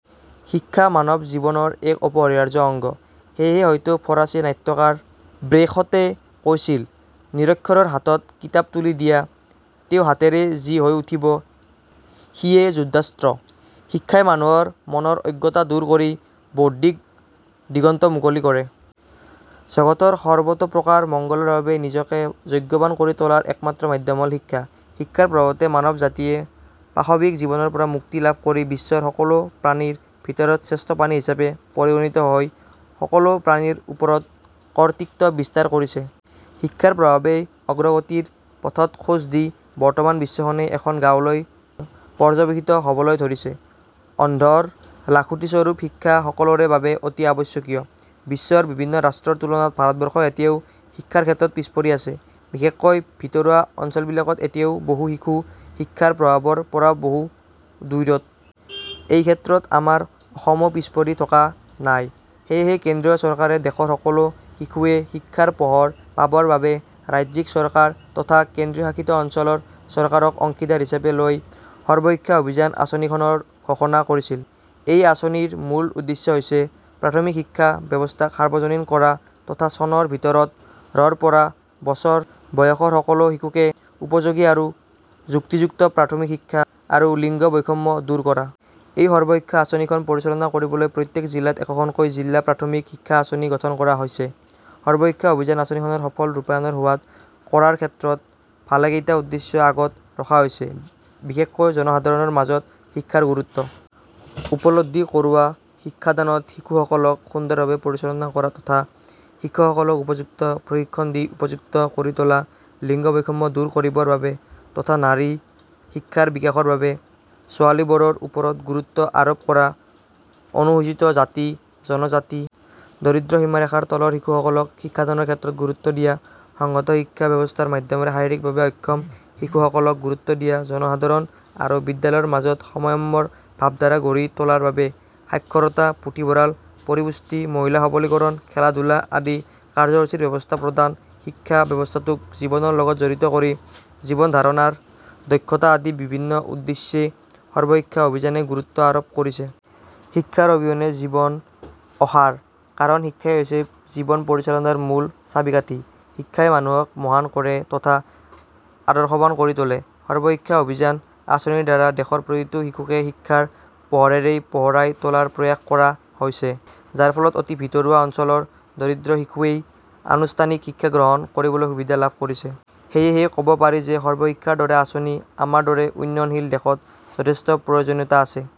শিক্ষা মানৱ জীৱনৰ এক অপৰিহাৰ্য অংগ। সেয়ে হয়তো ফৰাচী নাট্যকাৰ ব্ৰেখটে কৈছিল, "নিৰক্ষৰৰ হাতত কিতাপ তুলি দিয়া, তেওঁ হাতেৰে যি হৈ উঠিব, সিয়ে যুদ্ধাস্ত্ৰ৷' শিক্ষাই মানুহৰ মনৰ অজ্ঞতা দূৰ কৰি বৌদ্ধিক দিগন্ত মুকলি কৰে। জগতৰ সৰ্বতোপ্ৰকাৰ মংগলৰ বাবে নিজকে যোগ্যৱান কৰি তোলাৰ একমাত্ৰ মাধ্যম হ'ল শিক্ষা। শিক্ষাৰ প্ৰভাৱতে মানৱ জাতিয়ে পাশৱিক জীৱনৰ পৰা মুক্তি লাভ কৰি বিশ্বৰ সকলো প্ৰাণীৰ ভিতৰত শ্ৰেষ্ঠ প্ৰাণী হিচাপে পৰিগণিত হৈ সকলো প্ৰাণীৰ ওপৰত কৰ্তৃত্ব বিস্তাৰ কৰিছে। শিক্ষাৰ প্ৰভাৱতেই অগ্ৰগতিৰ পথত খোজ দি বৰ্তমান বিশ্বখনেই এখন গাঁৱলৈ পৰ্যৱসিত হ'বলৈ ধৰিছে। অন্ধৰ লাখুটিস্বৰূপ শিক্ষা সকলোৰে বাবে অতি আৱশ্যকীয়। বিশ্বৰ বিভিন্ন ৰাষ্ট্ৰৰ তুলনাত ভাৰতবৰ্ষ এতিয়াও শিক্ষাৰ ক্ষেত্ৰত পিছপৰি আছে। বিশেষকৈ ভিতৰুৱা অঞ্চলবিলাকত এতিয়াও বহু শিশু শিক্ষাৰ প্ৰভাৱৰ পৰা বহু দূৰৈত। এইক্ষেত্ৰত আমাৰ অসমো পিছপৰি থকা নাই ৷ সেয়ে কেন্দ্ৰীয় চৰকাৰে দেশৰ সকলো শিশুৱে শিক্ষাৰ পোহৰ পাবৰ বাবে ৰাজ্যিক চৰকাৰ তথা কেন্দ্ৰীয়শাসিত অঞ্চলৰ চৰকাৰক অংশীদাৰ হিচাপে লৈ 'সৰ্বশিক্ষা অভিযান আঁচনিখনৰ ঘোষণা কৰিছিল। এই আঁচনিৰ মূল উদ্দেশ্য হৈছে- প্ৰাথমিক শিক্ষা ব্যৱস্থাক সাৰ্বজনীন কৰা তথা চনৰ ভিতৰত ৰ পৰা বছৰ বয়সৰ সকলো শিশুকে উপযোগী আৰু যুক্তিযুক্ত প্ৰাথমিক শিক্ষা আৰু লিংগ বৈষম্য দূৰ কৰা। এই সৰ্বশিক্ষা আঁচনিখন পৰিচালনা কৰিবলৈ প্ৰত্যেক জিলাত একোখনকৈ জিলা প্ৰাথমিক শিক্ষা আঁচনি গঠন কৰা হৈছে। সৰ্বশিক্ষা অভিযান আঁচনিখনৰ সফল ৰূপায়ণ হোৱাৰ কৰাৰ ক্ষেত্ৰত ভালেকেইটা উদ্দেশ্য আগত ৰখা হৈছে। বিশেষকৈ জনসাধাৰণৰ মাজত শিক্ষাৰ গুৰুত্ব উপলব্ধি কৰোৱা, শিক্ষাদানত শিশুসকলক সুন্দৰভাৱে পৰিচালনা কৰা তথা শিক্ষকসকলক উপযুক্ত প্ৰশিক্ষণ দি উপযুক্ত কৰি তোলা, লিংগ বৈষম্য দূৰ কৰিবৰ বাবে তথা নাৰী শিক্ষাৰ বিকাশৰ বাবে ছোৱালীবোৰৰ ওপৰত গুৰুত্ব আৰোপ কৰা, অনুসূচিত জাতি, জনজাতি, দৰিদ্ৰ সীমাৰেখাৰ তলৰ শিশুসকলক শিক্ষাদানৰ ক্ষেত্ৰত গুৰুত্ব দিয়া, সংহত শিক্ষা ব্যৱস্থাৰ মাধ্যমৰে শাৰীৰিকভাৱে অক্ষম শিশুসকলক গুৰুত্ব দিয়া, জনসাধাৰণ আৰু বিদ্যালয়ৰ মাজত সমন্বয়ৰ ভাবধাৰা গঢ়ি তোলাৰ বাবে সাক্ষৰতা, পুথিভঁৰাল, পৰিপুষ্টি; মহিলা সবলীকৰণ, খেলা-ধূলা আদি কাৰ্যসূচীৰ ব্যৱস্থা প্ৰদান, শিক্ষা ব্যৱস্থাটোক জীৱনৰ লগত জড়িত কৰি জীৱনধাৰণৰ দক্ষতা আদি বিভিন্ন উদ্দেশ্য সৰ্বশিক্ষা অভিযানে গুৰুত্ব আৰোপ কৰিছে। শিক্ষাৰ অবিহনে জীৱন অসাৰ। কাৰণ শিক্ষাই হৈছে জীৱন পৰিচালনাৰ মূল ছাবি-কাঠী। শিক্ষাই মানুহক মহান কৰে তথা আদৰ্শৱান কৰি তোলে। সৰ্বশিক্ষা অভিযান আঁচনিৰ দ্বাৰা দেশৰ প্ৰতিটো শিশুকে শিক্ষাৰ পোহৰেৰে পোহৰাই তোলাৰ প্ৰয়াস কৰা হৈছে, যাৰফলত অতি ভিতৰুৱা অঞ্চলৰ দৰিদ্ৰ শিশুৱেও আনুষ্ঠানিক শিক্ষা গ্ৰহণ কৰিবলৈ সুবিধা লাভ কৰিছে। সেয়ে ক'ব পাৰি যে সৰ্বশিক্ষাৰ দৰে আঁচনি আমাৰ দৰে উন্নয়নশীল দেশত যথেষ্ট প্ৰয়োজনীয়তা আছে।